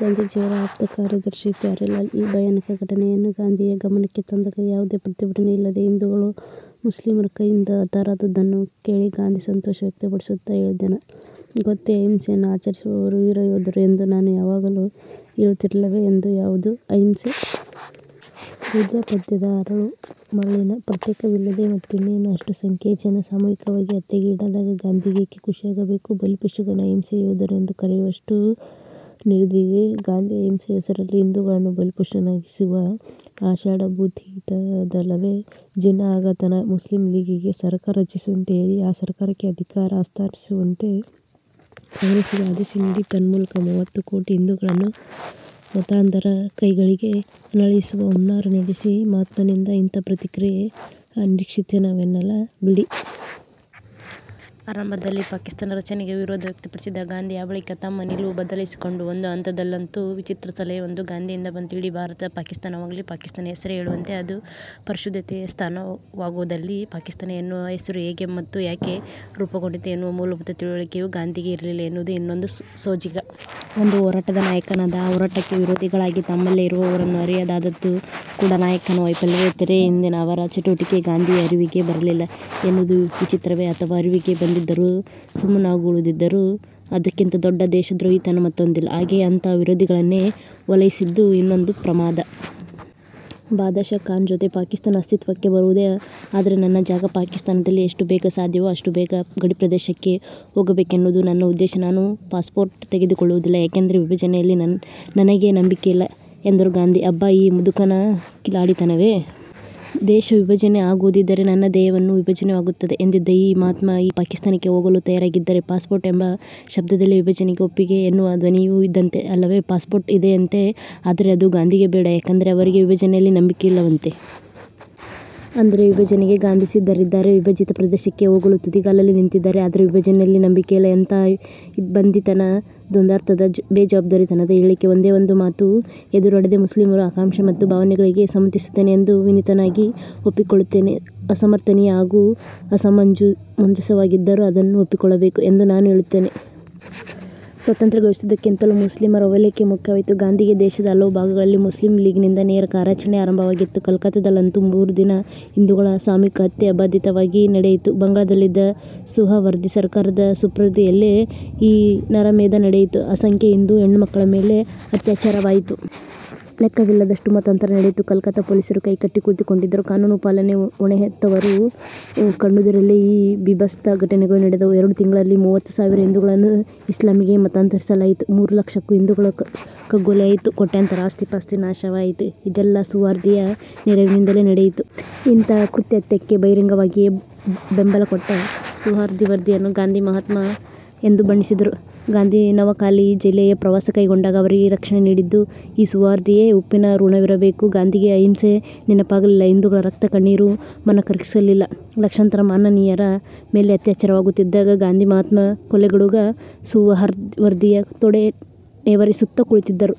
ಗಾಂಧಿಯವರ ಆಪ್ತ, ಕಾರ್ಯದರ್ಶಿ ಪ್ಯಾರೇಲಾಲ್ ಈ ಭಯಾನಕ ಘಟನೆಯನ್ನು ಗಾಂಧಿಯ ಗಮನಕ್ಕೆ ತಂದಾಗ ಯಾವುದೇ ಪ್ರತಿಭಟನೆಯಿಲ್ಲದೆ ಹಿಂದೂಗಳು ಮುಸ್ಲಿಮರ ಕೈಯಿಂದ ಹತರಾದುದನ್ನು ಕೇಳಿ ಗಾಂಧಿ ಸಂತೋಷ ವ್ಯಕ್ತಪಡಿಸುತ್ತಾ ಹೇಳಿದ್ದೇನು ಗೊತ್ತೇ? "ಅಹಿಂಸೆಯನ್ನು ಆಚರಿಸುವವರು ವೀರ ಯೋಧರು ಎಂದು ನಾನು ಯಾವಾಗಲೂ ಹೇಳುತ್ತಿರಲಿಲ್ಲವೇ? " ಎಂದು.. ಯಾವುದು ಅಹಿಂಸೆ? ವೃದ್ದಾಪ್ಯದ ಅರಳು-ಮರಳಿನ ಪ್ರತೀಕವಿದಲ್ಲದೆ ಮತ್ತಿನ್ನೇನು? ಅಷ್ಟು ಸಂಖ್ಯೆಯ ಜನ ಸಾಮೂಹಿಕವಾಗಿ ಹತ್ಯೆಗೀಡಾದಾಗ ಗಾಂಧಿಗೇಕೆ ಖುಷಿಯಾಗಬೇಕು? ಬಲಿಪಶುಗಳನ್ನು ಅಹಿಂಸೆಯ ಯೋಧರು ಎಂದು ಕರೆಯುವಷ್ಟು ನಿರ್ದಯಿಯೇ ಗಾಂಧಿ? ಅಹಿಂಸೆಯ ಹೆಸರಲ್ಲಿ ಹಿಂದೂಗಳನ್ನು ಬಲಿಪಶುಗಳನ್ನಾಗಿಸುವ ಆಷಾಢಭೂತಿತನವಿದಲ್ಲವೇ? ಜಿನ್ನಾ ಹಾಗಾತನ ಮುಸ್ಲಿಂ ಲೀಗಿಗೆ ಸರ್ಕಾರ ರಚಿಸುವಂತೆ ಹೇಳಿ, ಆ ಸರ್ಕಾರಕ್ಕೆ ಅಧಿಕಾರ ಹಸ್ತಾಂತರಿಸುವಂತೆ ಕಾಂಗ್ರೆಸ್ಸಿಗೆ ಆದೇಶ ನೀಡಿ ತನ್ಮೂಲಕ ಮೂವತ್ತು ಕೋಟಿ ಹಿಂದೂಗಳನ್ನು ಮತಾಂಧರ ಕೈಕೆಳಗೆ ನರಳಿಸುವ ಹುನ್ನಾರ ನಡೆಸಿದ ಮಹಾತ್ಮನಿಂದ ಇಂತಹ ಪ್ರತಿಕ್ರಿಯೆ ಅನಿರೀಕ್ಷಿತವೇನಲ್ಲ ಬಿಡಿ! ಆರಂಭದಲ್ಲಿ ಪಾಕಿಸ್ತಾನ ರಚನೆಗೆ ವಿರೋಧ ವ್ಯಕ್ತಪಡಿಸಿದ್ದ ಗಾಂಧಿ ಆ ಬಳಿಕ ತಮ್ಮ ನಿಲುವು ಬದಲಾಯಿಸಿಕೊಂಡರು. ಒಂದು ಹಂತದಲ್ಲಂತೂ ವಿಚಿತ್ರ ಸಲಹೆಯೊಂದು ಗಾಂಧಿಯಿಂದ ಬಂತು. "ಇಡೀ ಭಾರತ ಪಾಕಿಸ್ತಾನವಾಗಲಿ. ಪಾಕಿಸ್ತಾನ ಹೆಸರೇ ಹೇಳುವಂತೆ ಅದು ಪರಿಶುದ್ಧತೆಯ ಸ್ಥಾನವಾಗುವುದಾದಲ್ಲಿ". ಪಾಕಿಸ್ತಾನ ಎನ್ನುವ ಹೆಸರು ಹೇಗೆ ಮತ್ತು ಯಾಕೆ ರೂಪುಗೊಂಡಿತು ಎನ್ನುವ ಮೂಲಭೂತ ತಿಳುವಳಿಕೆಯೂ ಗಾಂಧಿಗೆ ಇರಲಿಲ್ಲ ಎನ್ನುವುದು ಇನ್ನೊಂದು ಸೋಜಿಗ. ಒಂದು ಹೋರಾಟದ ನಾಯಕನಾದವ ಆ ಹೋರಾಟಕ್ಕೆ ವಿರೋಧಿಗಳಾಗಿ ತಮ್ಮಲ್ಲೇ ಇರುವವರನ್ನು ಅರಿಯದಾದದ್ದು ಕೂಡಾ ನಾಯಕನ ವೈಫಲ್ಯವೇ. ತೆರೆಯ ಹಿಂದಿನ ಅವರ ಚಟುವಟಿಕೆ ಗಾಂಧಿಯ ಅರಿವಿಗೇ ಬರಲಿಲ್ಲ ಎನ್ನುವುದೂ ವಿಚಿತ್ರವೇ. ಅಥವಾ ಅರಿವಿಗೆ ಬಂದಿದ್ದರೂ ಸುಮ್ಮನಾಗುಳಿದಿದ್ದರೆ ಅದಕ್ಕಿಂತ ದೊಡ್ದ ದೇಶದ್ರೋಹಿತನ ಮತ್ತೊಂದಿಲ್ಲ. ಹಾಗೆಯೇ ಅಂತಹ ವಿರೋಧಿಗಳನ್ನೇ ಓಲೈಸಿದ್ದು ಇನ್ನೊಂದು ಪ್ರಮಾದ! ಬಾದಶಾ ಖಾನ್ ಜೊತೆ "ಪಾಕಿಸ್ತಾನ ಅಸ್ತಿತ್ವಕ್ಕೆ ಬರುವುದೇ ಆದರೆ ನನ್ನ ಜಾಗ ಪಾಕಿಸ್ತಾನದಲ್ಲಿ. ಎಷ್ಟು ಬೇಗ ಸಾಧ್ಯವೋ ಅಷ್ಟು ಬೇಗ ಗಡಿಪ್ರದೇಶಕ್ಕೆ ಹೋಗಬೇಕೆನ್ನುವುದು ನನ್ನ ಉದ್ದೇಶ. ನಾನು ಪಾಸ್ ಪೋರ್ಟ್ ತೆಗೆದುಕೊಳ್ಳುವುದಿಲ್ಲ. ಯಾಕೆಂದರೆ ವಿಭಜನೆಯಲ್ಲಿ ನನಗೆ ನಂಬಿಕೆಯಿಲ್ಲ. " ಎಂದರು ಗಾಂಧಿ. ಅಬ್ಬಾ ಈ ಮುದುಕನ ಕಿಲಾಡಿತನವೇ! ದೇಶವಿಭಜನೆ ಆಗುವುದಿದ್ದರೆ ನನ್ನ ದೇಹವನ್ನು ವಿಭಜಿಸಬೇಕಾಗುತ್ತದೆ ಎಂದಿದ್ದ ಈ ಮಹಾತ್ಮ ಈಗ ಪಾಕಿಸ್ತಾನಕ್ಕೆ ಹೋಗಲೂ ತಯಾರಾಗಿದ್ದಾರೆ! ಪಾಸ್ ಪೋರ್ಟ್ ಎಂಬ ಶಬ್ಧದಲ್ಲೆ ವಿಭಜನೆಗೆ ಒಪ್ಪಿಗೆ ಎನ್ನುವ ಧ್ವನಿಯೂ ಇದ್ದಂತೆ ಅಲ್ಲವೇ. ಪಾಸ್ ಪೋರ್ಟ್ ಇದೆಯಂತೆ. ಆದರೆ ಅದು ಗಾಂಧಿಗೆ ಬೇಡ. ಯಾಕೆಂದರೆ ಅವರಿಗೆ ವಿಭಜನೆಯಲ್ಲಿ ನಂಬಿಕೆಯಿಲ್ಲವಂತೆ. ಅಂದರೆ ವಿಭಜನೆಗೆ ಗಾಂಧಿ ಸಿದ್ಧರಿದ್ದಾರೆ, ವಿಭಜಿತ ಪ್ರದೇಶಕ್ಕೆ ಹೋಗಲೂ ತುದಿಗಾಲಲ್ಲಿ ನಿಂತಿದ್ದಾರೆ, ಆದರೆ ವಿಭಜನೆಯಲ್ಲಿ ನಂಬಿಕೆಯಿಲ್ಲ! ಎಂತಹಾ ಇಬ್ಬಂದಿತನ, ದ್ವಂದ್ವಾರ್ಥದ, ಬೇಜವಾಬ್ದಾರಿತನದ ಹೇಳಿಕೆ! "ಒಂದೇ ಒಂದು ಮಾತು ಎದುರಾಡದೆ ಮುಸ್ಲಿಮರ ಆಕಾಂಕ್ಷೆ ಮತ್ತು ಭಾವನೆಗಳಿಗೆ ಸಮ್ಮತಿಸುತ್ತೇನೆ ಎಂದು ವಿನೀತನಾಗಿ ಒಪ್ಪಿಕೊಳ್ಳುತ್ತೇನೆ. ಅಸಮರ್ಥನೀಯ ಹಾಗೂ ಅಸಮಂಜಸವಾಗಿದ್ದರೂ ಅದನ್ನು ಒಪ್ಪಿಕೊಳ್ಳಬೇಕು ಎಂದು ನಾನು ಹೇಳುತ್ತೇನೆ. ಸ್ವಾತಂತ್ರ್ಯಗಳಿಸುವುದಕ್ಕಿಂತಲೂ ಮುಸ್ಲಿಮರ ಓಲೈಕೆಯೇ ಮುಖ್ಯವಾಯಿತು ಗಾಂಧಿಗೆ! ದೇಶದ ಹಲವು ಭಾಗಗಳಲ್ಲಿ ಮುಸ್ಲಿಂ ಲೀಗಿನಿಂದ ನೇರ ಕಾರ್ಯಾಚರಣೆ ಆರಂಭವಾಗಿತ್ತು. ಕಲ್ಕತ್ತಾದಲ್ಲಂತೂ ಮೂರು ದಿನ ಹಿಂದೂಗಳ ಸಾಮೂಹಿಕ ಹತ್ಯೆ ಅಬಾಧಿತವಾಗಿ ನಡೆಯಿತು. ಬಂಗಾಳದಲ್ಲಿದ್ದ ಸುಹ್ರಾವರ್ದಿ ಸರಕಾರದ ಸುಪರ್ದಿಯಲ್ಲೇ ಈ ನರಮೇಧ ನಡೆಯಿತು. ಅಸಂಖ್ಯ ಹಿಂದೂ ಹೆಣ್ಣುಮಕ್ಕಳ ಮೇಲೆ ಅತ್ಯಾಚಾರವಾಯಿತು. ಲೆಖ್ಖವಿಲ್ಲದಷ್ಟು ಮತಾಂತರ ನಡೆಯಿತು. ಕಲ್ಕತ್ತಾ ಪೊಲೀಸರು ಕೈಕಟ್ಟಿ ಕುಳಿತುಕೊಂಡಿದ್ದರು. ಕಾನೂನು ಪಾಲನೆ ಹೊಣೆಹೊತ್ತವರ ಕಣ್ಣೆದುರಲ್ಲೇ ಈ ಭೀಭತ್ಸ ಘಟನೆಗಳು ನಡೆದವು. ಎರಡು ತಿಂಗಳಲ್ಲಿ ಮೂವತ್ತು ಸಾವಿರ ಹಿಂದೂಗಳನ್ನು ಇಸ್ಲಾಮಿಗೆ ಮತಾಂತರಿಸಲಾಯಿತು. ಮೂರು ಲಕ್ಷಕ್ಕೂ ಹಿಂದೂಗಳ ಕಗ್ಗೊಲೆಯಾಯಿತು. ಕೋಟ್ಯಾಂತರ ಆಸ್ತಿಪಾಸ್ತಿ ನಾಶವಾಯಿತು. ಇದೆಲ್ಲಾ ಸುಹ್ರಾವರ್ದಿಯ ನೆರವಿನಿಂದಲೇ ನಡೆಯಿತು. ಇಂತಹ ಕುಕೃತ್ಯಕ್ಕೆ ಬಹಿರಂಗವಾಗಿಯೇ ಬೆಂಬಲ ಕೊಟ್ಟ ಸುಹ್ರಾವರ್ದಿಯನ್ನು ಗಾಂಧಿ "ಹುತಾತ್ಮ" ಎಂದು ಬಣ್ಣಿಸಿದರು. ಗಾಂಧಿ ನವಖಾಲಿ ಜಿಲ್ಲೆಯ ಪ್ರವಾಸ ಕೈಗೊಂಡಾಗ ಅವರಿಗೆ ರಕ್ಷಣೆ ನೀಡಿದ್ದು ಈ ಸುಹ್ರಾವರ್ದಿಯೇ. ಉಪ್ಪಿನ ಋಣವಿರಬೇಕು! ಗಾಂಧಿಗೆ ಅಹಿಂಸೆ ನೆನಪಾಗಲಿಲ್ಲ! ಹಿಂದೂಗಳ ರಕ್ತ ಕಣ್ಣೀರು ಮನಕರಗಿಸಲಿಲ್ಲ. ಲಕ್ಷಾಂತರ ಮಾನಿನಿಯರ ಮೇಲೆ ಅತ್ಯಾಚಾರವಾಗುತ್ತಿದ್ದಾಗ ಗಾಂಧಿ ಮಹಾತ್ಮ ಕೊಲೆಗಡುಗ ಸುಹ್ರಾವರ್ದಿಯ ತೊಡೆ ನೇವರಿಸುತ್ತಾ ಕುಳಿತಿದ್ದರು!